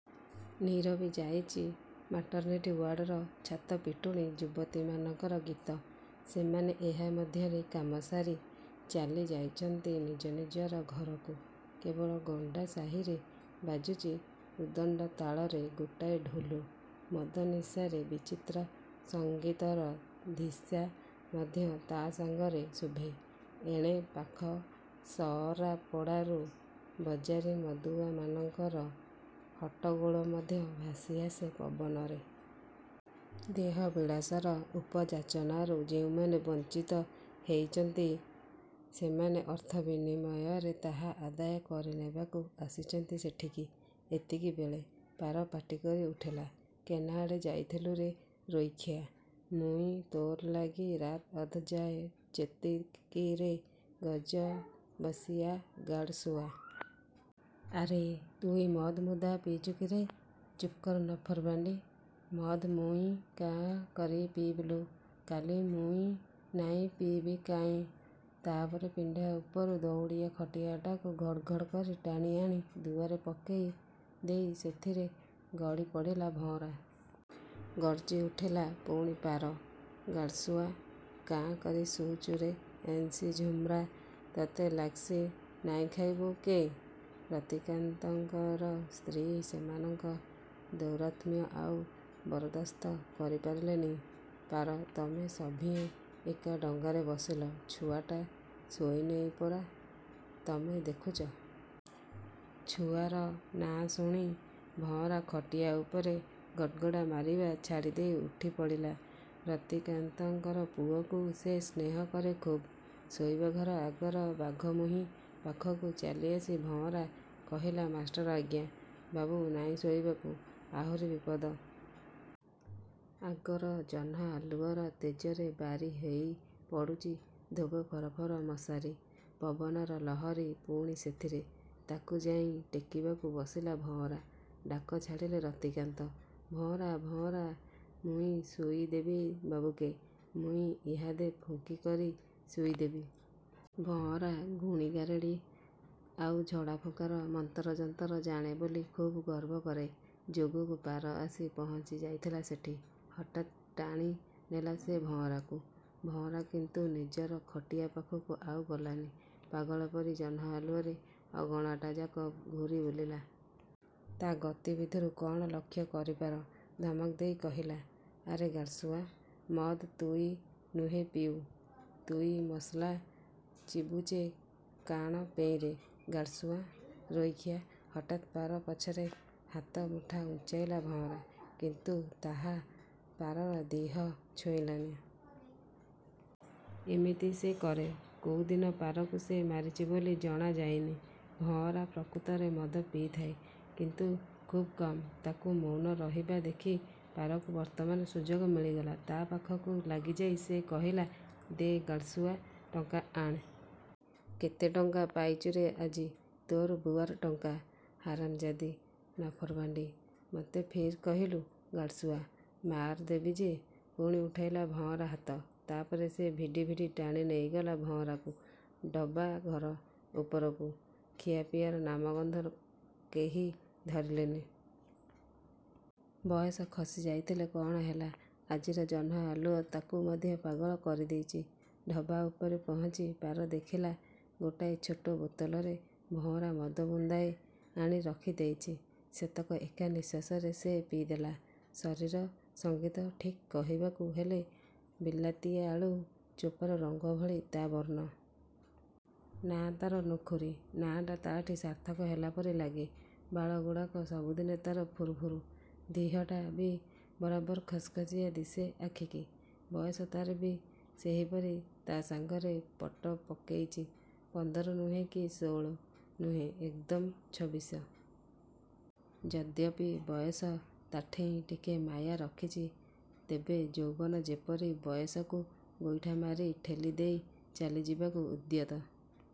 ନୀରବି ଯାଇଚି ମାଟର୍ନିଟି ଓ୍ୟାଡ଼ର ଛାତପିଟୁଣୀ ଯୁବତୀମାନଙ୍କର ଗୀତ। ସେମାନେ ଏହା ମଧ୍ୟରେ କାମସାରି ଚାଲିଯାଇଚନ୍ତି ନିଜନିଜର ଘରକୁ। କେବଳ ଗଣ୍ଡା ସାହିରେ ବାଜୁଚି ଉଦଣ୍ଡ ତାଳରେ ଗୋଟାଏ ଢୋଲ–ମଦ ନିଶାରେ ବିଚିତ୍ର ସଙ୍ଗୀତର ଧିଶା ମଧ୍ୟ ତା ସାଙ୍ଗରେ ଶୁଭେ-। ଏଣେ ପାଖ ସଅରାପଡ଼ାରୁ ବଜାରୀ ମଦୁଆମାନଙ୍କର ହଟ୍ଟଗୋଳ ମଧ୍ୟ ଭାସିଆସେ ପବନରେ-। ଦେହବିଳାସର ଉପଯାଚନାରୁ ଯେଉଁମାନେ ବଞ୍ଚିତ ହେଇଚନ୍ତି, ସେମାନେ ଅର୍ଥ ବିନିମୟରେ ତାହା ଆଦାୟ କରିନେବାକୁ ଆସିଚନ୍ତି ସେଠିକି। ଏତିକିବେଳେ। ପାର ପାଟିକରି ଉଠିଲା, "କେନ୍ଆଡ଼େ ଯାଇଥିଲୁ ରେ ରୋଇଖିଆ" ମୁଁ ଇଁ ତୋର୍ ଲାଗି ରାତ୍ ଅଧ ଯାଏ ଚେତ୍ବି କି ରେ ଗଜାବଅସିଆ... ଗାଡ଼୍ ସୁଆ... ଆରେ ତୁଇ ମଦ୍ ମୁଦା ପିଇଚୁ କିରେ... " ଚୁପ୍କର ନଫର ବାଣ୍ଡି... ମଦ୍ ମୁଇଁ କାଁ କରି ପିଇବି ଲୋ... କାଲି ମୁଇଁ ନାଇଁ ପିଇବି କାଏଁ? " ତା ପରେ ପିଣ୍ଡା ଉପରୁ ଦଉଡ଼ିଆ ଖଟିଆଟାକୁ ଘଡ଼୍ ଘଡ଼୍ କରି ଟାଣିଆଣି ଦୁଆରେ ପକେଇ ଦେଇ ସେଥିରେ ଗଡ଼ି ପଡ଼ିଲା ଭଁଅରା। ଗର୍ଜି ଉଠିଲା ପୁଣି ପାର। "ଗାଡ୍ସୁଆ, କାଁ କରି ଶୁଉଚ ରେ ଏନ୍ସି ଝୁମ୍ରା ତତେ ଲାଗ୍ସି ନାଇଁ ଖାଇବୁ କେଁ? " ରତିକାନ୍ତଙ୍କର ସ୍ତ୍ରୀ ସେମାନଙ୍କ ଦୌରାତ୍ମ୍ୟ ଆଉ ବରଦାସ୍ତ କରିପାରିଲେ ନି। "ପାର ତମେ ସଭିଏଁ ଏକା ଡଙ୍ଗାରେ ବସିଲ? ଛୁଆଟା ଶୋଇନେଇ ପରା ତମେ ଦେଖୁଚ! " ଛୁଆର ନାଁ ଶୁଣି ଭଁଅରା ଖଟିଆ ଉପରେ ଗଡ଼୍ଗଡ଼ା ମାରିବା ଛାଡ଼ି ଦେଇ ଉଠି ପଡ଼ିଲା-। ରତିକାନ୍ତଙ୍କର ପୁଅକୁ ସେ ସ୍ନେହ କରେ ଖୁବ୍। ଶୋଇବାଘର ଆଗର ବାଘମୁହିଁ ପାଖକୁ ଚାଲି ଆସି ଭଁଅରା କହିଲା– "ମାଷ୍ଟର୍, ଆଜ୍ଞା... 'ବାବୁ ନାଇଁ ଶୋଇବାକୁ? " ଆହୁରି ବିପଦ। ଆଗର ଜହ୍ନଆଲୁଅର ତେଜରେ ବାରି ହେଇ ପଡ଼ୁଚି ଧୋବ ଫରଫର ମଶାରି, ପବନର ଲହରୀ ପୁଣି ସେଥିରେ। ତାକୁ ଯାଇଁ ଟେକିବାକୁ ବସିଲା ଭଅଁରା। ଡାକ ଛାଡ଼ିଲେ ରତିକାନ୍ତ। "ଭଅଁରା... ଭଅଁରା... " 'ମୁଇଁ ଶୁଇ ଦେବି ବାବୁକେ... ମୁଇଁ ଇହାଦେ ଫୁଙ୍କି କରି ଶୁଇ ଦେବି!! ଭଅଁରା ଗୁଣୀଗାରିଡ଼ି ଆଉ ଝଡ଼ାଫୁଙ୍କାର ମନ୍ତର ଯନ୍ତର ଜାଣେ ବୋଲି ଖୁବ୍ ଗର୍ବ କରେ। ଯୋଗକୁ ପାର ଆସି ପହଞ୍ଚିଯାଇଥିଲା ସେଠି। ହଠାତ୍ ଟାଣି ନେଲା ସେ ଭଅଁରାକୁ। ଭଅଁରା କିନ୍ତୁ ନିଜର ଖଟିଆ ପାଖକୁ ଆଉ ଗଲାନି। ପାଗଳ ପରି ଜହ୍ନଆଲୁଅରେ ଅଗଣାଟାଯାକ ଘୂରି ବୁଲିଲା। ତା' ଗତିବିଧିରୁ କଣ ଲକ୍ଷ୍ୟ କରି ପାର ଧମକ ଦେଇ କହିଲା, "ଆରେ ଗାଡ୍ସୁଆ, ମଦ୍ ତୁଇ ନୁହେ ପିଉ... ତୁଇ ମସଲା ଚିବୁଚେ କାଣ ପେଇଁରେ... ଗାଡ୍ସୁଆ, ରୋଇଖିଆ! " ହଠାତ୍ ପାର ପଛରେ ହାତ ମୁଠା ଉଞ୍ଚେଇଲା ଭଅଁରା। କିନ୍ତୁ ତାହା ପାରର ଦିହ ଛୁଇଁଲାନି। ଏମିତି ସେ କରେ। କୋଉଦିନ ପାରକୁ ସେ ମାରିଚି ବୋଲି ଜଣାଯାଇନି। ଭଅଁରା ପ୍ରକୃତରେ ମଦ ପିଇଥାଏ, କିନ୍ତୁ ଖୁବ୍ କମ୍। ତାକୁ ମୌନ ରହିବା ଦେଖି ପାରକୁ ବର୍ତ୍ତମାନ ସୁଯୋଗ ମିଳିଗଲା। ତା' ପାଖକୁ ଲାଗିଯାଇ ସେ କହିଲା, "ଦେ ଗାଡ୍ସୁଆ, ଟଙ୍କା ଆଣ୍... କେତେ ଟଙ୍କା ପାଇଚୁରେ ଆଜି? " "ତୋର ବୁଆର୍ ଟଙ୍କା, ହାରାମଜାଦି! ନଫରବାଣ୍ଡି, ମତେ ଫିର୍ କହିଲୁ ଗାଡ୍ସୁଆ... ମାଆର୍ ଦେଵି ଯେ" ପୁଣି ଉଠେଇଲା ଭଅଁରା ହାତ। ତା ପରେ ସେ ଭିଡ଼ି ଭିଡ଼ି ଟାଣି ନେଇଗଲା ଭଅଁରାକୁ ଢବା ଘର ଉପରକୁ। ଖିଆପିଆର ନାମଗନ୍ଧ କେହି ଧରିଲେନି। ବୟସ ଖସି ଯାଇଥିଲେ କଣ ହେଲା, ଆଜିର ଜହ୍ନଆଲୁଅ ତାକୁ ମଧ୍ୟ ପାଗଳ କରିଦେଇଚି। ଢବା ଉପରେ ପହଞ୍ଚି ପାର ଦେଖିଲା, ଗୋଟାଏ ଛୋଟ ବୋତଲରେ ଭଅଁରା ମଦ ମୁନ୍ଦାଏ ଆଣି ରଖି ଦେଇଚି। ସେତକ ଏକା ନିଶ୍ୱାସରେ ସେ ପିଇଦେଲା। ଶରୀର–ସଙ୍ଗୀତ ଠିକ୍ କହିବାକୁ ହେଲେ ବିଲାତିଆଳୁ ଚୋପାର ରଙ୍ଗ ଭଳି ତା' ବର୍ଣ୍ଣ। ନାଁ ତାର ନୁଖୁରୀ-। ନାଁଟା ତା'ଠି ସାର୍ଥକ ହେଲା ପରି ଲାଗେ। ବାଳଗୁଡ଼ାକ ସବୁଦିନେ ତାର ଫୁରୁଫୁରୁ–ଦିହଟା ଵି ବରାବର ଖସଖସିଆ ଦିଶେ ଆଖିକି। ବୟସ ତା'ର ଵି ସେହିପରି ତା ସାଙ୍ଗରେ ପଟ ପକେଇଚି-। ପନ୍ଦର ନୁହେଁ କି ଷୋଳ ନୁହେଁ। ଏକଦମ୍ ଛବିଶ। ଯଦ୍ୟପି ବୟସ ତାଠେଇଁ ଟିକେ ମାୟା ରଖିଚି, ତେବେ ଯୌବନ ଯେପରି ବୟସକୁ ଗୋଇଠା ମାରି ଠେଲି ଦେଇ ଚାଲିଯିବାକୁ ଉଦ୍ୟତ-।